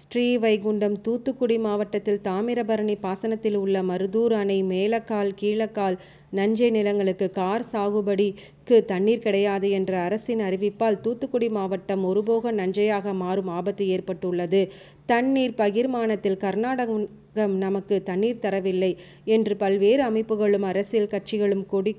ஸ்ரீவைகுண்டம் தூத்துக்குடி மாவட்டத்தில் தாமிரபரணி பாசனத்தில் உள்ள மருதூர் அணை மேலக்கால் கீழக்கால் நஞ்சை நிலங்களுக்கு கார் சாகுபடிக்கு தண்ணீர் கிடையாது என்ற அரசின் அறிவிப்பால் தூத்துக்குடி மாவட்டம் ஒருபோக நஞ்சையாக மாறும் ஆபத்து ஏற்பட்டுள்ளது. தண்ணீர் பகிர்மானத்தில் கர்நாடகம் நமக்கு தண்ணீர் தரவில்லை என்று பல்வேறு அமைப்புகளும், அரசியல்கட்சிகளும் கொடி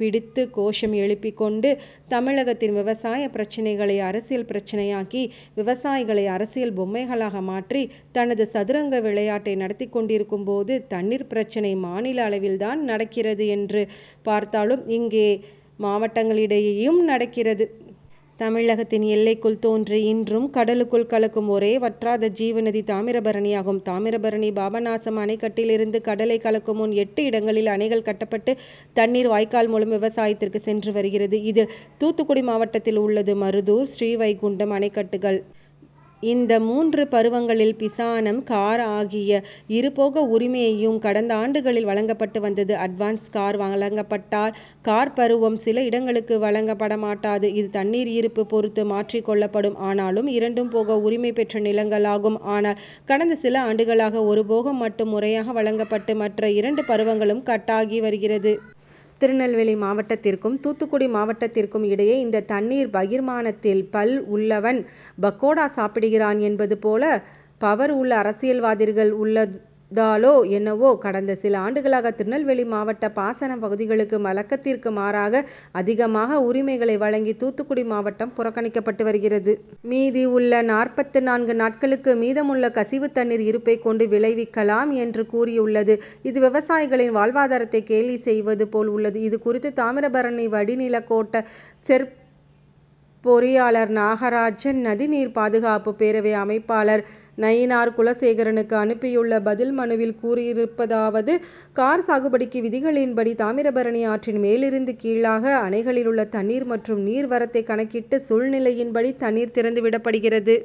பிடித்து கோஷம் எழுப்பி கொண்டு தமிழகத்தின் விவசாய பிரச்னைகளை அரசியல் பிரச்னையாக்கி, விவசாயிகளை அரசியல் பொம்மைகளாக மாற்றி தனது சதுரங்க விளையாட்டை நடத்தி கொண்டிருக்கும் போது தண்ணீர் பிரச்னை மாநில அளவில்தான் நடக்கிறது என்று பார்த்தாலும் இங்கே மாவட்டங்களுக்கிடையேயும் நடக்கிறது. தமிழகத்தின் எல்லைக்குள் தோன்றி இன்றும் கடலுக்குள் கலக்கும் ஒரே வற்றாத ஜீவநதி தாமிரபரணி ஆகும். தாமிரபரணி பாபநாசம் அணைக்கட்டிலிருந்து கடலை கலக்கும் முன் எட்டு இடங்களில் அணைகள் கட்டப்பட்டு தண்ணீர் வாய்க்கால் மூலம் விவசாயத்திற்கு சென்று வருகிறது. இதில் தூத்துக்குடி மாவட்டத்தில் உள்ளது மருதூர், ஸ்ரீவைகுண்டம் அணைக்கட்டுகள். இந்த மூன்று பருவங்களில் பிசானம், கார் ஆகிய இருபோக உரிமையும் கடந்த ஆண்டுகளில் வழங்கப்பட்டு வந்தது. அட்வான்ஸ் கார் வழங்கப்பட்டால் கார்பருவம் சில இடங்களுக்கு வழங்க படமாட்டாது. இது தண்ணீர் இருப்பு பொறுத்து மாற்றி கொள்ளப்படும். ஆனாலும் இரண்டுபோக உரிமை பெற்ற நிலங்கள் ஆகும். ஆனால் கடந்த சில ஆண்டுகளாக ஒரு போகம் மட்டும் முறையாக வழங்கப்பட்டு மற்ற இரண்டு பருவங்களும் கட்டாகி வருகிறது. திருநெல்வேலி மாவட்டத்திற்கும், தூத்துக்குடி மாவட்டத்திற்கும் இடையே இந்த தண்ணீர் பகிர்மானத்தில் பல் உள்ளவன் பக்கோடா சாப்பிடுகிறான் என்பது போல பவர் உள்ள அரசியல்வாதிகள் உள்ளதாலோ என்னவோ கடந்த சில ஆண்டுகளாக திருநெல்வேலி மாவட்ட பாசன பகுதிகளுக்கு வழக்கத்திற்கு மாறாக அதிகமாக உரிமைகளை வழங்கி தூத்துக்குடி மாவட்டம் புறக்கணிக்கப்பட்டு வருகிறது. மீதி உள்ள நாற்பத்து நான்கு நாட்களுக்கு மீதமுள்ள கசிவு தண்ணீர் இருப்பைக் கொண்டு விளைவிக்கலாம் என்று கூறியுள்ளது. இது விவசாயிகளின் வாழ்வாதாரத்தை கேலி செய்வது போல் உள்ளது. இதுகுறித்து தாமிரபரணி வடிநிலக்கோட்ட செற்பொறியாளர் நாகராஜன், நதிநீர் பாதுகாப்பு பேரவை அமைப்பாளர் நயினார் குலசேகரனுக்கு அனுப்பியுள்ள பதில் மனுவில் கூறியிருப்பதாவது, கார் சாகுபடிக்கு விதிகளின்படி தாமிரபரணி ஆற்றின் மேலிருந்து கீழாக அணைகளிலுள்ள தண்ணீர் மற்றும் நீர் வரத்தை கணக்கிட்டு சூழ்நிலையின்படி தண்ணீர் திறந்துவிடப்படுகிறது.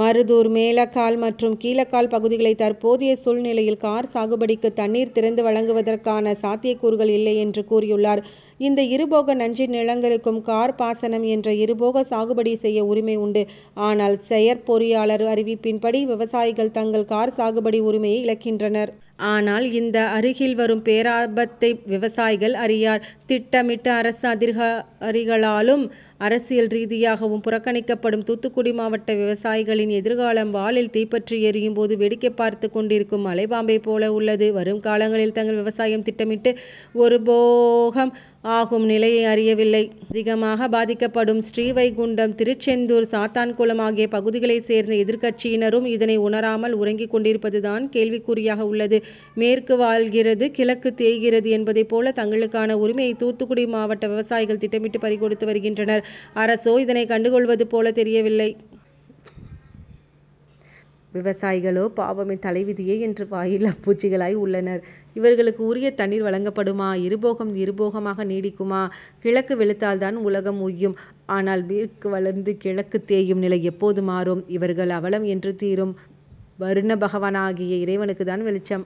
மருதூர் மேலக்கால் மற்றும் கீழக்கால் பகுதிகளை தற்போதைய சூழ்நிலையில் கார் சாகுபடிக்கு தண்ணீர் திறந்து வழங்குவதற்கான சாத்திய கூறுகள் இல்லை என்று கூறியுள்ளார். இந்த இருபோக நஞ்சை நிலங்களுக்கும் கார் பாசனம் என்ற இருபோக சாகுபடி செய்ய உரிமை உண்டு. ஆனால் செயற் பொறியாளர் அறிவிப்பின்படி விவசாயிகள் தங்கள் கார்சாகுபடி உரிமையை இழக்கின்றனர். ஆனால் இந்த அருகில் வரும் பேராபத்தை விவசாயிகள் அறியார். திட்டமிட்டு அரசு அதிகாரிகளாலும், அரசியல் ரீதியாகவும் புறக்கணிக்கப்படும் தூத்துக்குடி மாவட்ட விவசாயிகளின் எதிர்காலம் வாலில் தீப்பற்றி எரியும் போது வேடிக்கை பார்த்துக் கொண்டிருக்கும் மலைப்பாம்பை போல உள்ளது. வரும் காலங்களில் தங்கள் விவசாயம் திட்டமிட்டு ஒருபோகம் ஆகும் நிலையை அறியவில்லை. அதிகமாக பாதிக்கப்படும் ஸ்ரீவைகுண்டம், திருச்செந்தூர், சாத்தான்குளம் ஆகிய பகுதிகளைச் சேர்ந்த எதிர்கட்சியினரும் இதனை உணராமல் உறங்கிக் கொண்டிருப்பதுதான் கேள்விக் குறியாக உள்ளது. மேற்கு வாழ்கிறது, கிழக்கு தேய்கிறது என்பதை போல தங்களுக்கான உரிமையை தூத்துக்குடி மாவட்ட விவசாயிகள் திட்டமிட்டு பறிகொடுத்து வருகின்றனர். அரசோ இதனைக் கண்டு கொள்வது போல தெரியவில்லை. விவசாயிகளோ பாவம் தலைவிதியே என்று வாயில்லா பூச்சிகளாய் உள்ளனர். இவர்களுக்கு உரிய தண்ணீர் வழங்கப்படுமா? இருபோகம் இருபோகமாக நீடிக்குமா? கிழக்கு வெளுத்தால்தான் உலகம் உய்யும். ஆனால் மேற்கு வளர்ந்து கிழக்கு தேயும் நிலை எப்போது மாறும். இவர்கள் அவலம் என்று தீரும். வருணபகவானாகிய இறைவனுக்குதான் வெளிச்சம்.